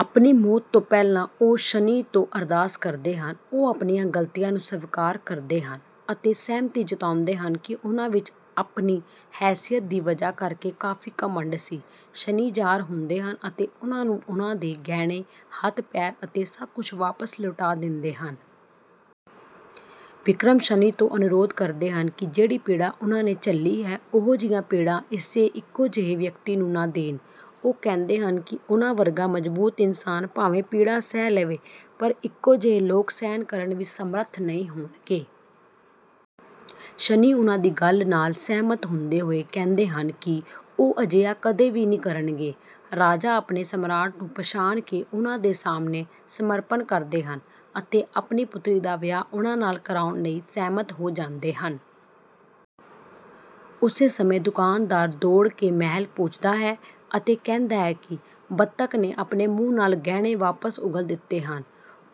ਆਪਣੀ ਮੌਤ ਤੋਂ ਪਹਿਲਾਂ ਉਹ ਸ਼ਨੀ ਤੋਂ ਅਰਦਾਸ ਕਰਦੇ ਹਨ। ਉਹ ਆਪਣੀਆਂ ਗਲਤੀਆਂ ਨੂੰ ਸਵੀਕਾਰ ਕਰਦੇ ਹਨ ਅਤੇ ਸਹਿਮਤੀ ਜਤਾਉਂਦੇ ਹਨ ਕਿ ਉਨ੍ਹਾਂ ਵਿੱਚ ਆਪਣੀ ਹੈਸੀਅਤ ਦੀ ਵਜ੍ਹਾ ਕਰਕੇ ਕਾਫ਼ੀ ਘਮੰਡ ਸੀ। ਸ਼ਨੀ ਜ਼ਾਹਰ ਹੁੰਦੇ ਹਨ ਅਤੇ ਉਨ੍ਹਾਂ ਨੂੰ ਉਨ੍ਹਾਂ ਦੇ ਗਹਿਣੇ, ਹੱਥ, ਪੈਰ ਅਤੇ ਸਭ ਕੁਝ ਵਾਪਸ ਲੌਟਾ ਦਿੰਦੇ ਹਨ। ਵਿਕਰਮ ਸ਼ਨੀ ਤੋਂ ਅਨੁਰੋਧ ਕਰਦੇ ਹਨ ਕਿ ਜਿਹੜੀ ਪੀੜਾ ਉਨ੍ਹਾਂ ਨੇ ਝੱਲੀ ਹੈ, ਉਹੋ ਜਿਹੀ ਪੀੜਾ ਕਿਸੇ ਇੱਕੋ ਜਿਹੇ ਵਿਅਕਤੀ ਨੂੰ ਨਾ ਦੇਣ। ਉਹ ਕਹਿੰਦੇ ਹਨ ਕਿ ਉਨ੍ਹਾਂ ਵਰਗਾ ਮਜ਼ਬੂਤ ਇਨਸਾਨ ਭਾਵੇਂ ਪੀੜਾ ਸਹਿ ਲਵੇ, ਪਰ ਇੱਕੋ ਜਿਹੇ ਲੋਕ ਸਹਿਣ ਕਰਨ ਵਿੱਚ ਸਮਰੱਥ ਨਹੀਂ ਹੋਣਗੇ। ਸ਼ਨੀ ਉਨ੍ਹਾਂ ਦੀ ਗੱਲ ਨਾਲ ਸਹਿਮਤ ਹੁੰਦੇ ਹੋਏ ਕਹਿੰਦੇ ਹਨ ਕਿ ਉਹ ਅਜਿਹਾ ਕਦੇ ਵੀ ਨਹੀਂ ਕਰਨਗੇ। ਰਾਜਾ ਆਪਣੇ ਸਮਰਾਟ ਨੂੰ ਪਛਾਣ ਕੇ ਉਨ੍ਹਾਂ ਦੇ ਸਾਹਮਣੇ ਸਮਰਪਣ ਕਰਦੇ ਹਨ ਅਤੇ ਆਪਣੀ ਪੁਤਰੀ ਦਾ ਵਿਆਹ ਉਨ੍ਹਾਂ ਨਾਲ ਕਰਾਉਣ ਲਈ ਸਹਿਮਤ ਹੋ ਜਾਂਦੇ ਹਨ। ਉਸੇ ਸਮੇਂ, ਦੁਕਾਨਦਾਰ ਦੌੜ ਕੇ ਮਹਿਲ ਪੁੱਜਦਾ ਹੈ ਅਤੇ ਕਹਿੰਦਾ ਹੈ ਕਿ ਬੱਤਖ਼ ਨੇ ਆਪਣੇ ਮੂੰਹ ਨਾਲ ਗਹਿਣੇ ਵਾਪਸ ਉਗਲ ਦਿੱਤੇ ਹਨ।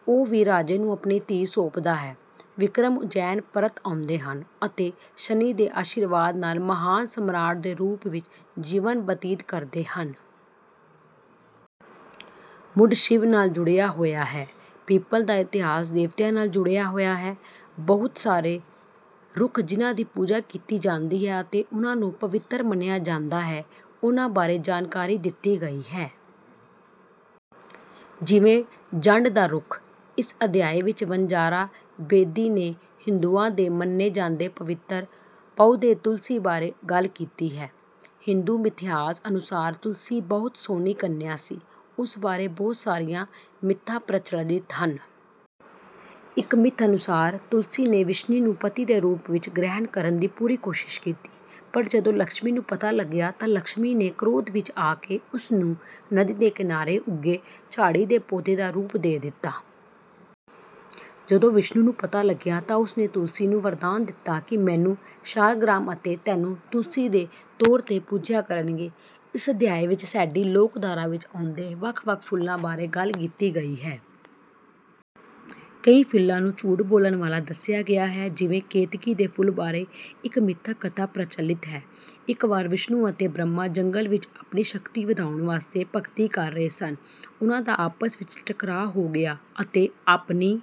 ਉਹ ਵੀ ਰਾਜੇ ਨੂੰ ਆਪਣੀ ਧੀ ਸੌਂਪਦਾ ਹੈ। ਵਿਕਰਮ ਉੱਜੈਨ ਪਰਤ ਆਉਂਦੇ ਹਨ ਅਤੇ ਸ਼ਨੀ ਦੇ ਆਸ਼ੀਰਵਾਦ ਨਾਲ ਮਹਾਨ ਸਮਰਾਟ ਦੇ ਰੂਪ ਵਿੱਚ ਜੀਵਨ ਬਤੀਤ ਕਰਦੇ ਹਨ। ਮੁਢ ਸ਼ਿਵ ਨਾਲ ਜੁੜਿਆ ਹੋਇਆ ਹੈ। ਪਿੱਪਲ ਦਾ ਇਤਿਹਾਸ ਦੇਵਤਿਆਂ ਨਾਲ ਜੁੜਿਆ ਹੋਇਆ ਹੈ। ਬਹੁਤ ਸਾਰੇ ਰੁੱਖ ਜਿਨ੍ਹਾਂ ਦੀ ਪੂਜਾ ਕੀਤੀ ਜਾਂਦੀ ਹੈ ਅਤੇ ਉਨ੍ਹਾਂ ਨੂੰ ਪਵਿੱਤਰ ਮੰਨਿਆ ਜਾਂਦਾ ਹੈ, ਉਨ੍ਹਾਂ ਬਾਰੇ ਜਾਣਕਾਰੀ ਦਿੱਤੀ ਗਈ ਹੈ। ਜਿਵੇਂ ਜੰਡ ਦਾ ਰੁੱਖ। ਇਸ ਅਧਿਆਇ ਵਿੱਚ ਵਣਜਾਰਾ ਬੇਦੀ ਨੇ ਹਿੰਦੂਆਂ ਦੇ ਮੰਨੇ ਜਾਂਦੇ ਪਵਿੱਤਰ ਪੌਦੇ ਤੁਲਸੀ ਬਾਰੇ ਗੱਲ ਕੀਤੀ ਹੈ। ਹਿੰਦੂ ਮਿਥਿਹਾਸ ਅਨੁਸਾਰ ਤੁਲਸੀ ਬਹੁਤ ਸੋਹਣੀ ਕੰਨਿਆ ਸੀ। ਉਸ ਬਾਰੇ ਬਹੁਤ ਸਾਰੀਆਂ ਮਿੱਥਾਂ ਪ੍ਰਚਲਿਤ ਹਨ। ਇੱਕ ਮਿੱਥ ਅਨੁਸਾਰ ਤੁਲਸੀ ਨੇ ਵਿਸ਼ਨੂੰ ਨੂੰ ਪਤੀ ਦੇ ਰੂਪ ਵਿੱਚ ਗ੍ਰਹਿਣ ਕਰਨ ਦੀ ਪੂਰੀ ਕੋਸ਼ਿਸ਼ ਕੀਤੀ, ਪਰ ਜਦੋਂ ਲਕਸ਼ਮੀ ਨੂੰ ਪਤਾ ਲੱਗਿਆ ਤਾਂ ਲਕਸ਼ਮੀ ਨੇ ਕ੍ਰੋਧ ਵਿੱਚ ਆ ਕੇ ਉਸ ਨੂੰ ਨਦੀ ਦੇ ਕਿਨਾਰੇ ਉੱਗੇ ਝਾੜੀ ਦੇ ਪੌਦੇ ਦਾ ਰੂਪ ਦੇ ਦਿੱਤਾ। ਜਦੋਂ ਵਿਸ਼ਨੂੰ ਨੂੰ ਪਤਾ ਲੱਗਿਆ ਤਾਂ ਉਸ ਨੇ ਤੁਲਸੀ ਨੂੰ ਵਰਦਾਨ ਦਿੱਤਾ ਕਿ ਮੈਨੂੰ ਸ਼ਾਲਗਰਾਮ ਅਤੇ ਤੈਨੂੰ ਤੁਲਸੀ ਦੇ ਤੌਰ 'ਤੇ ਪੂਜਿਆ ਕਰਨਗੇ। ਇਸ ਅਧਿਆਇ ਵਿੱਚ ਸਾਡੀ ਲੋਕਧਾਰਾ ਵਿੱਚ ਆਉਂਦੇ ਵੱਖ-ਵੱਖ ਫੁੱਲਾਂ ਬਾਰੇ ਗੱਲ ਕੀਤੀ ਗਈ ਹੈ। ਕਈ ਫੁੱਲਾਂ ਨੂੰ ਝੂਠ ਬੋਲਣ ਵਾਲਾ ਦੱਸਿਆ ਗਿਆ ਹੈ। ਜਿਵੇਂ ਕੇਤਕੀ ਦੇ ਫੁੱਲ ਬਾਰੇ ਇੱਕ ਮਿਥਕ ਕਥਾ ਪ੍ਰਚਲਿਤ ਹੈ। ਇੱਕ ਵਾਰ ਵਿਸ਼ਨੂੰ ਅਤੇ ਬ੍ਰਹਮਾ ਜੰਗਲ ਵਿੱਚ ਆਪਣੀ ਸ਼ਕਤੀ ਵਧਾਉਣ ਵਾਸਤੇ ਭਗਤੀ ਕਰ ਰਹੇ ਸਨ। ਉਨ੍ਹਾਂ ਦਾ ਆਪਸ ਵਿੱਚ ਟਕਰਾਅ ਹੋ ਗਿਆ ਅਤੇ ਆਪਣੀ